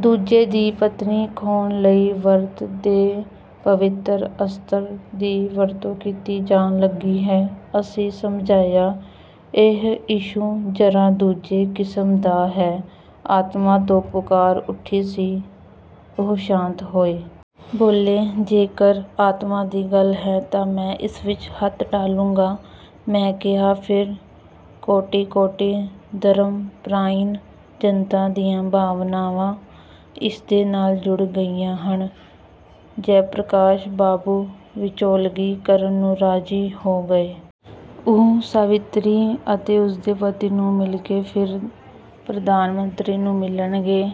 ਦੂਜੇ ਦੀ ਪਤਨੀ ਖੋਹਣ ਲਈ ਵਰਤ ਦੇ ਪਵਿਤਰ ਅਸਤਰ ਦੀ ਵਰਤੋਂ ਕੀਤੀ ਜਾਣ ਲੱਗੀ ਹੈ। " ਅਸੀਂ ਸਮਝਾਇਆ, "ਇਹ ਇਸ਼ੂ ਜਰਾ ਦੂਜੇ ਕਿਸਮ ਦਾ ਹੈ। ਆਤਮਾ ਤੋਂ ਪੁਕਾਰ ਉੱਠੀ ਸੀ। " ਉਹ ਸ਼ਾਂਤ ਹੋਏ। ਬੋਲੇ, "ਜੇਕਰ ਆਤਮਾ ਦੀ ਗੱਲ ਹੈ ਤਾਂ ਮੈਂ ਇਸ ਵਿੱਚ ਹੱਥ ਡਾਲੂੰਗਾ। " ਮੈਂ ਕਿਹਾ, "ਫਿਰ ਕੋਟਿ-ਕੋਟਿ ਧਰਮਪ੍ਰਾਇਣ ਜਨਤਾ ਦੀਆਂ ਭਾਵਨਾਵਾਂ ਇਸਦੇ ਨਾਲ ਜੁੜ ਗਈਆਂ ਹਨ। ਜੈਪ੍ਰਕਾਸ਼ ਬਾਬੂ ਵਿਚੋਲਗੀ ਕਰਨ ਨੂੰ ਰਾਜੀ ਹੋ ਗਏ। ਉਹ ਸਾਵਿਤਰੀ ਅਤੇ ਉਸਦੇ ਪਤੀ ਨੂੰ ਮਿਲਕੇ ਫਿਰ ਪ੍ਰਧਾਨਮੰਤਰੀ ਨੂੰ ਮਿਲਣਗੇ।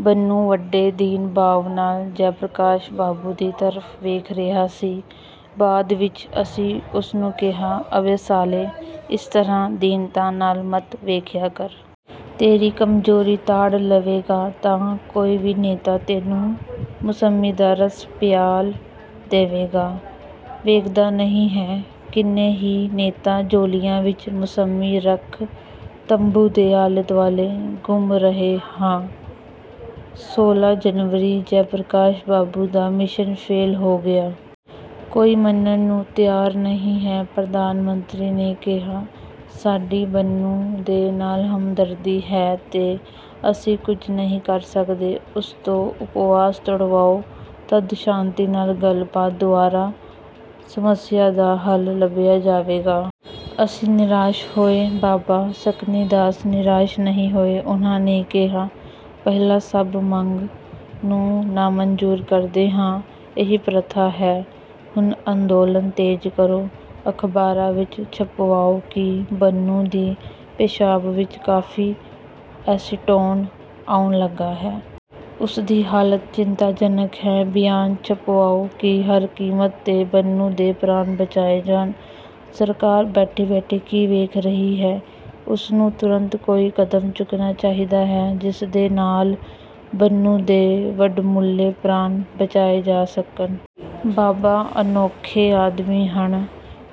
ਬੰਨੂ ਵੱਡੇ ਦੀਨਭਾਵ ਨਾਲ ਜੈਪ੍ਰਕਾਸ਼ ਬਾਬੂ ਦੀ ਤਰਫ ਵੇਖ ਰਿਹਾ ਸੀ। ਬਾਅਦ ਵਿੱਚ ਅਸੀਂ ਉਸਨੂੰ ਕਿਹਾ, "ਅਬੇ ਸਾਲੇ, ਇਸ ਤਰ੍ਹਾਂ ਦੀਨਤਾ ਨਾਲ ਮਤ ਵੇਖਿਆ ਕਰ। ਤੇਰੀ ਕਮਜੋਰੀ ਤਾੜ ਲਵੇਗਾ ਤਾਂ ਕੋਈ ਵੀ ਨੇਤਾ ਤੈਨੂੰ ਮੁਸੰਮੀ ਦਾ ਰਸ ਪਿਆਲ ਦੇਵੇਗਾ। ਵੇਖਦਾ ਨਹੀਂ ਹੈ, ਕਿੰਨੇ ਹੀ ਨੇਤਾ ਝੋਲਿਆਂ ਵਿੱਚ ਮੁਸੰਮੀ ਰੱਖ ਤੰਬੂ ਦੇ ਆਲੇ-ਦੁਆਲੇ ਘੁੰਮ ਰਹੇ ਹਾਂ। ਸੋਲ੍ਹਾਂ ਜਨਵਰੀ ਜੈਪ੍ਰਕਾਸ਼ ਬਾਬੂ ਦਾ ਮਿਸ਼ਨ ਫੇਲ ਹੋ ਗਿਆ। ਕੋਈ ਮੰਨਣ ਨੂੰ ਤਿਆਰ ਨਹੀਂ ਹੈ। ਪ੍ਰਧਾਨ ਮੰਤਰੀ ਨੇ ਕਿਹਾ, "ਸਾਡੀ ਬੰਨੂ ਦੇ ਨਾਲ ਹਮਦਰਦੀ ਹੈ, ਤੇ ਅਸੀਂ ਕੁੱਝ ਨਹੀਂ ਕਰ ਸਕਦੇ। ਉਸ ਤੋਂ ਉਪਵਾਸ ਤੁੜਵਾਓ, ਤੱਦ ਸ਼ਾਂਤੀ ਨਾਲ ਗੱਲ ਬਾਤ ਦੁਆਰਾ ਸਮੱਸਿਆ ਦਾ ਹੱਲ ਲਭਿਆ ਜਾਵੇਗਾ। ਅਸੀਂ ਨਿਰਾਸ਼ ਹੋਏ, ਬਾਬਾ ਸਨਕੀਦਾਸ ਨਿਰਾਸ਼ ਨਹੀਂ ਹੋਏ। ਉਨ੍ਹਾਂ ਨੇ ਕਿਹਾ, "ਪਹਿਲਾਂ ਸਭ ਮੰਗ ਨੂੰ ਨਾਮੰਜੂਰ ਕਰਦੇ ਹਾਂ। ਇਹੀ ਪ੍ਰਥਾ ਹੈ। ਹੁਣ ਅੰਦੋਲਨ ਤੇਜ ਕਰੋ। ਅਖਬਾਰਾਂ ਵਿੱਚ ਛਪਵਾਓ ਕਿ ਬੰਨੂ ਦੀ ਪੇਸ਼ਾਬ ਵਿੱਚ ਕਾਫ਼ੀ ਏਸੀਟੋਨ ਆਉਣ ਲੱਗਾ ਹੈ। ਉਸਦੀ ਹਾਲਤ ਚਿੰਤਾਜਨਕ ਹੈ। ਬਿਆਨ ਛਪਵਾਓ ਕਿ ਹਰ ਕੀਮਤ ਤੇ ਬੰਨੂ ਦੇ ਪ੍ਰਾਣ ਬਚਾਏ ਜਾਣ। ਸਰਕਾਰ ਬੈਠੀ -ਬੈਠੀ ਕੀ ਵੇਖ ਰਹੀ ਹੈ? ਉਸਨੂੰ ਤੁਰੰਤ ਕੋਈ ਕਦਮ ਚੁੱਕਣਾ ਚਾਹੀਦਾ ਹੈ ਜਿਸਦੇ ਨਾਲ ਬੰਨੂ ਦੇ ਵਡਮੁੱਲੇ ਪ੍ਰਾਣ ਬਚਾਏ ਜਾ ਸਕਣ। " ਬਾਬਾ ਅਨੋਖੇ ਆਦਮੀ ਹਨ।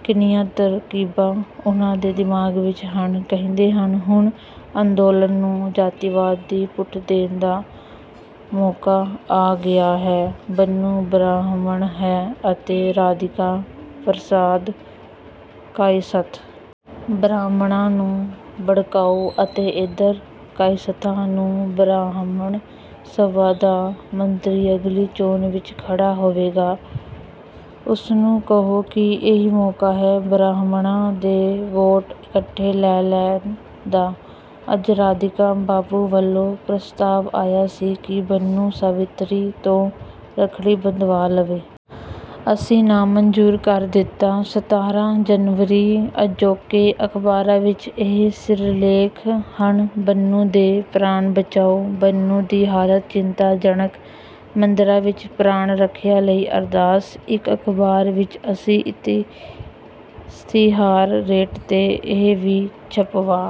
ਕਿੰਨੀਆਂ ਤਰਕੀਬਾਂ ਉਨ੍ਹਾਂ ਦੇ ਦਿਮਾਗ ਵਿੱਚ ਹਨ। ਕਹਿੰਦੇ ਹਨ, "ਹੁਣ ਅੰਦੋਲਨ ਨੂੰ ਜਾਤੀਵਾਦ ਦੀ ਪੁਠ ਦੇਣ ਦਾ ਮੌਕਾ ਆ ਗਿਆ ਹੈ। ਬੰਨੂ ਬਰਾਹਮਣ ਹੈ ਅਤੇ ਰਾਧੀਕਾ ਪ੍ਰਸਾਦ ਕਾਇਸਥ। ਬਰਾਹਮਣਾ ਨੂੰ ਭੜਕਾਓ ਅਤੇ ਏਧਰ ਕਾਇਸਥਾਂ ਨੂੰ। ਬਰਾਹਮਣ ਸਭਾ ਦਾ ਮੰਤਰੀ ਅਗਲੀ ਚੋਣ ਵਿੱਚ ਖੜਾ ਹੋਵੇਗਾ। ਉਸਨੂੰ ਕਹੋ ਕਿ ਇਹੀ ਮੌਕਾ ਹੈ ਬਰਾਹਮਣਾ ਦੇ ਵੋਟ ਇੱਕਠੇ ਲੈ ਲੈਣ ਦਾ। ਅੱਜ ਰਾਧੀਕਾ ਬਾਬੂ ਵੱਲੋਂ ਪ੍ਰਸਤਾਵ ਆਇਆ ਸੀ ਕਿ ਬੰਨੂ ਸਾਵਿਤਰੀ ਤੋਂ ਰੱਖੜੀ ਬੰਧਵਾ ਲਵੇ। ਅਸੀਂ ਨਾਮੰਜੂਰ ਕਰ ਦਿੱਤਾ। ਸਤਾਰ੍ਹਾਂ ਜਨਵਰੀ ਅਜੋਕੇ ਅਖਬਾਰਾਂ ਵਿੱਚ ਇਹ ਸਿਰਲੇਖ ਹਨ ਬੰਨੂ ਦੇ ਪ੍ਰਾਣ ਬਚਾਓ! ਬੰਨੂ ਦੀ ਹਾਲਤ ਚਿੰਤਾਜਨਕ! ਮੰਦਿਰਾਂ ਵਿੱਚ ਪ੍ਰਾਣ- ਰੱਖਿਆ ਲਈ ਅਰਦਾਸ! ਇੱਕ ਅਖ਼ਬਾਰ ਵਿੱਚ ਅਸੀਂ ਇਸ਼ਤਿਹਾਰ ਰੇਟ ਤੇ ਇਹ ਵੀ ਛਪਵਾ